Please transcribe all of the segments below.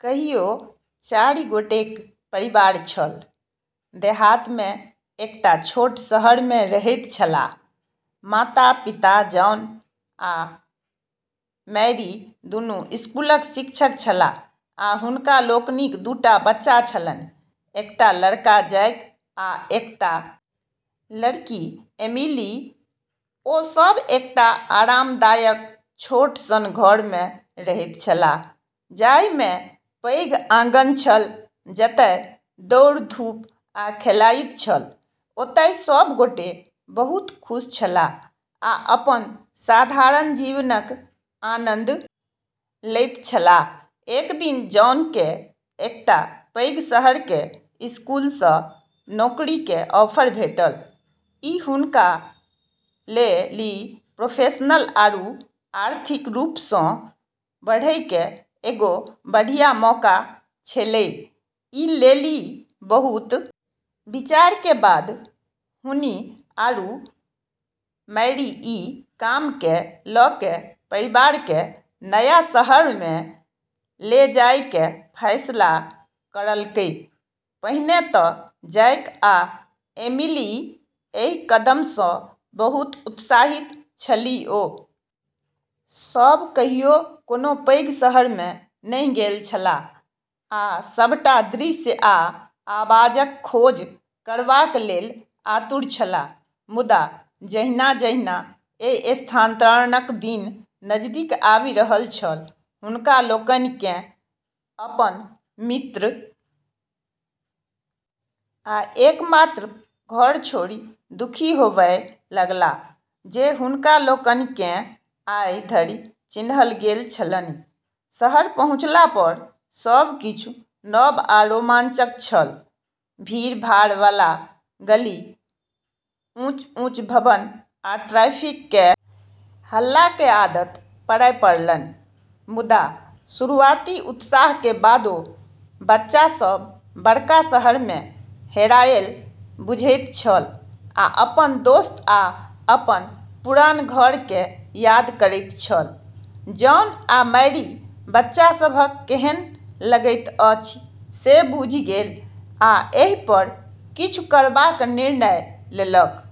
कहियो चारि गोटेक परिवार छल, देहात मे एकटा छोट शहर मे रहैत छलाह, माता-पिता जॉन आ मैरी दुनू स्कूलक शिक्षक छलाह आ हुनका लोकनिक दू टा बच्चा छलनि, एकटा लड़का जैक आ एकटा लड़की एमिली, ओ सभ एकटा आरामदायक छोट सन घर मे रहैत छलाह जाहि मे पैघ आँगन छल जतय दौड़-धूप आ खेलाइत छल, ओतय सब गोटे बहुत खुश छलाह आ अपन साधारण जीवनक आनंद लैत छलाह, एक दिन जॉन के एकटा पैघ शहर के स्कूल स नौकरी के ऑफर भेटल, ई हुनका लेली प्रोफेशनल आरू आर्थिक रूप स॑ बढ़ै के एगो बढ़िया मौका छेलै, ई लेली बहुत विचार के बाद हुनी आरू मैरी ई काम के ल के परिवार के नया शहर मे ले जाय के फैसला करलकै, पहिने त जैक आ एमिली एहि कदम स बहुत उत्साहित छलीह, ओ सभ कहियो कोनो पैघ शहर मे नहि गेल छलाह आ सभटा दृश्य आ आवाजक खोज करबाक लेल आतुर छलाह मुदा जहिना-जहिना एहि स्थानांतरणक दिन नजदीक आबि रहल छल हुनका लोकनि केँ अपन मित्र आ एकमात्र घर छोड़ि दुखी होबय लगलाह जे हुनका लोकनि केँ आइ धरि चिन्हल गेल छलनि, शहर पहुँचला पर सब किछु नव आ रोमांचक छल, भीड़-भाड़ वाला गली, ऊँच-ऊँच भवन आ ट्रैफिक के हल्ला के आदत पड़य पड़लनि मुदा शुरूआती उत्साह के बादो बच्चा सब बड़का शहर में हेरायल बुझैत छल आ अपन दोस्त आ अपन पुरान घर के याद करैत छल, जॉन आ मैरि बच्चा सभक केहन लगैत अछि से बुझि गेल आ एहि पर किछु करबाक निर्णय लेलक।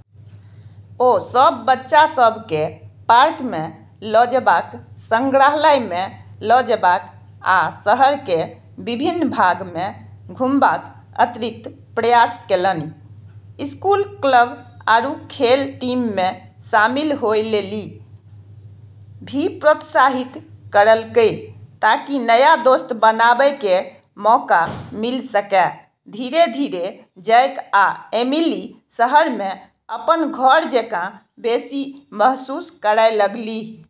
ओ सब बच्चा सब के पार्क में ल जेबाक, संग्रहालय में ल जेबाक आ शहर के विभिन्न भाग में घुमबाक अतिरिक्त प्रयास केलनि, स्कूल क्लब आरू खेल टीम मे शामिल होय लेली भी प्रोत्साहित करलकै ताकि नया दोस्त बनाबै के मौका मिल सके, धीरे-धीरे जैक आ एमिली शहर मे अपन घर जेकाँ बेसी महसूस करय लगलीह।